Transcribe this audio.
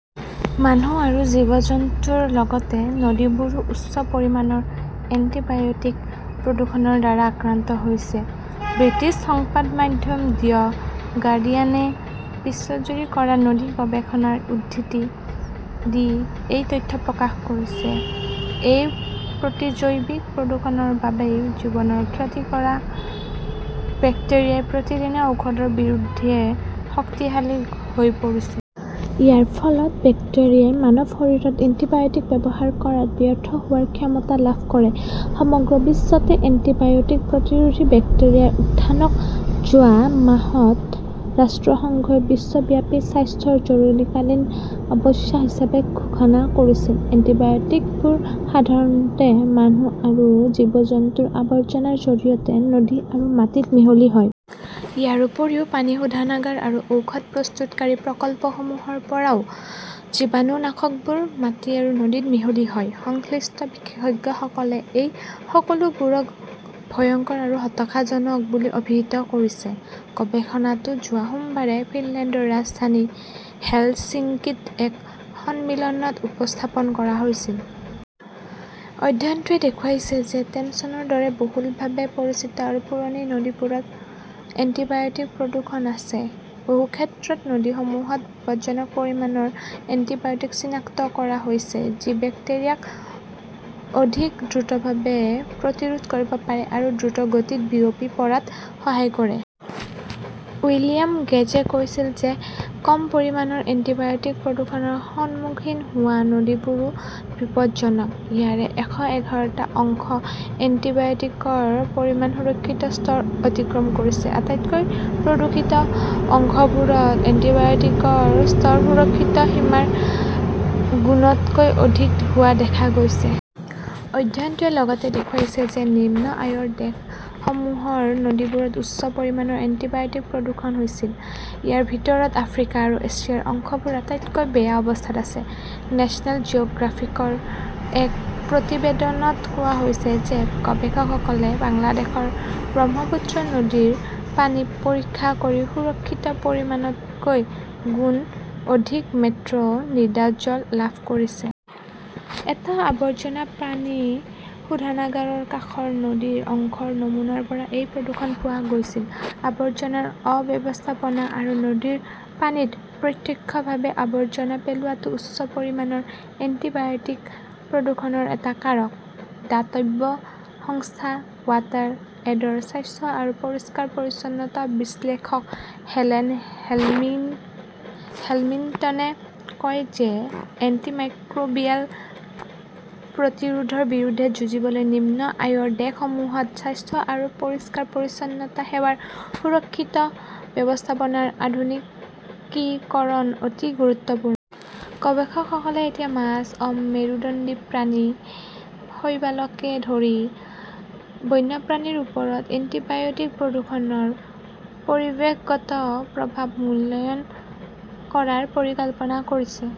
মানুহ আৰু জীৱ-জন্তুৰ লগতে নদীবোৰো উচ্চ পৰিমাণৰ এণ্টিবায়টিক প্ৰদূষণৰ দ্বাৰা আক্ৰান্ত হৈছে। ব্ৰিটিছ সংবাদ মাধ্যম দ্য গাৰ্ডিয়ানে বিশ্বজুৰি কৰা নদী গৱেষণাৰ উদ্ধৃতি দি এই তথ্য প্ৰকাশ কৰিছে। এই প্ৰতিজৈৱিক প্ৰদূষণৰ বাবেই জীৱনৰ ক্ষতি কৰা বেক্টেৰিয়াই প্ৰতিদিনে ঔষধৰ বিৰুদ্ধে শক্তিশালী হৈ পৰিছে। ইয়াৰ ফলত বেক্টেৰিয়াই মানৱ শৰীৰত এন্টিবায়টিক ব্যৱহাৰ কৰাত ব্যৰ্থ হোৱাৰ ক্ষমতা লাভ কৰে। সমগ্ৰ বিশ্বতে এণ্টিবায়টিক-প্ৰতিৰোধী বেক্টেৰিয়াৰ উত্থানক যোৱা মাহত ৰাষ্ট্ৰসংঘই বিশ্বব্যাপী স্বাস্থ্যৰ জৰুৰীকালীন অৱস্থা হিচাপে ঘোষণা কৰিছিল। এণ্টিবায়টিকবোৰ সাধাৰণতে মানুহ আৰু জীৱ-জন্তুৰ আৱৰ্জনাৰ জৰিয়তে নদী আৰু মাটিত মিহলি হয়। ইয়াৰ উপৰিও পানী শোধনাগাৰ আৰু ঔষধ প্ৰস্তুতকাৰী প্ৰকল্পসমূহৰ পৰাও জীৱাণুনাশকবোৰ মাটি আৰু নদীত মিহলি হয়। সংশ্লিষ্ট বিশেষজ্ঞসকলে এই সকলোবোৰক ভয়ংকৰ আৰু হতাশাজনক বুলি অভিহিত কৰিছে। গৱেষণাটো যোৱা সোমবাৰে ফিনলেণ্ডৰ ৰাজধানী হেলচিংকীত এক সন্মিলনত উপস্থাপন কৰা হৈছিল। অধ্যয়নটোৱে দেখুৱাইছে যে টেমছৰ দৰে বহুলভাৱে পৰিচিত আৰু পুৰণি নদীবোৰত এণ্টিবায়টিক প্ৰদূষণ আছে। বহু ক্ষেত্ৰত নদীসমূহত বিপদজনক পৰিমাণৰ এণ্টিবায়টিক চিনাক্ত কৰা হৈছে। যি বেক্টেৰিয়াক অধিক দ্ৰুতভাৱে প্ৰতিৰোধ কৰিব পাৰে আৰু দ্ৰুতগতিত বিয়পি পৰাত সহায় কৰে। উইলিয়াম গেজে কৈছিল যে কম পৰিমাণৰ এণ্টিবায়টিক প্ৰদূষণৰ সন্মুখীন হোৱা নদীবোৰো বিপদজনক। ইয়াৰে এশ এঘাৰটা অংশত এন্টিবায়টিকৰ পৰিমাণ সুৰক্ষিত স্তৰ অতিক্ৰম কৰিছে। আটাইতকৈ প্ৰদূষিত অংশবোৰত এন্টিবায়টিকৰ স্তৰ সুৰক্ষিত সীমাৰ গুণতকৈ অধিক হোৱা দেখা গৈছে। অধ্যয়নটোৱে লগতে দেখুৱাইছে যে নিম্ন আয়ৰ দেশসমূহৰ নদীবোৰত উচ্চ পৰিমাণৰ এণ্টিবায়টিক প্ৰদূষণ হৈছিল। ইয়াৰ ভিতৰত আফ্ৰিকা আৰু এছিয়াৰ অংশবোৰ আটাইতকৈ বেয়া অৱস্থাত আছে। নেচনেল জিঅ গ্ৰাফিকৰ এক প্ৰতিবেদনত কোৱা হৈছে যে গৱেষকসকলে বাংলাদেশৰ ব্ৰহ্মপুত্ৰ নদীৰ পানী পৰীক্ষা কৰি সুৰক্ষিত পৰিমাণতকৈ গুণ অধিক মেট্ৰ নিডাজল লাভ কৰিছে। এটা আৱৰ্জনা পানী শোধনাগাৰৰ কাষৰ নদীৰ অংশৰ নমুনাৰ পৰা এই প্ৰদূষণ পোৱা গৈছিল। আৱৰ্জনাৰ অব্যৱস্থাপনা আৰু নদীৰ পানীত প্ৰত্যক্ষভাৱে আৱৰ্জনা পেলোৱাটো উচ্চ পৰিমাণৰ এণ্টিবায়টিক প্ৰদূষণৰ এটা কাৰক। দাতব্য সংস্থা ৱাটাৰ এডৰ স্বাস্থ্য আৰু পৰিষ্কাৰ-পৰিচ্ছন্নতা বিশ্লেষক হেলেন হেমিল্টনে কয় যে এন্টিমাইক্ৰোবিয়েল প্ৰতিৰোধৰ বিৰুদ্ধে যুঁজিবলৈ নিম্ন আয়ৰ দেশসমূহত স্বাস্থ্য আৰু পৰিষ্কাৰ-পৰিচ্ছন্নতা সেৱাৰ সুৰক্ষিত ব্যৱস্থাপনাৰ আধুনিকীকৰণ অতি গুৰুত্বপূৰ্ণ। গৱেষকসকলে এতিয়া মাছ, অমেৰুদণ্ডী প্ৰাণী, শৈবালকে ধৰি বন্যপ্ৰাণীৰ ওপৰত এন্টিবায়টিক প্ৰদূষণৰ পৰিৱেশগত প্ৰভাৱ মূল্যায়ন কৰাৰ পৰিকল্পনা কৰিছে।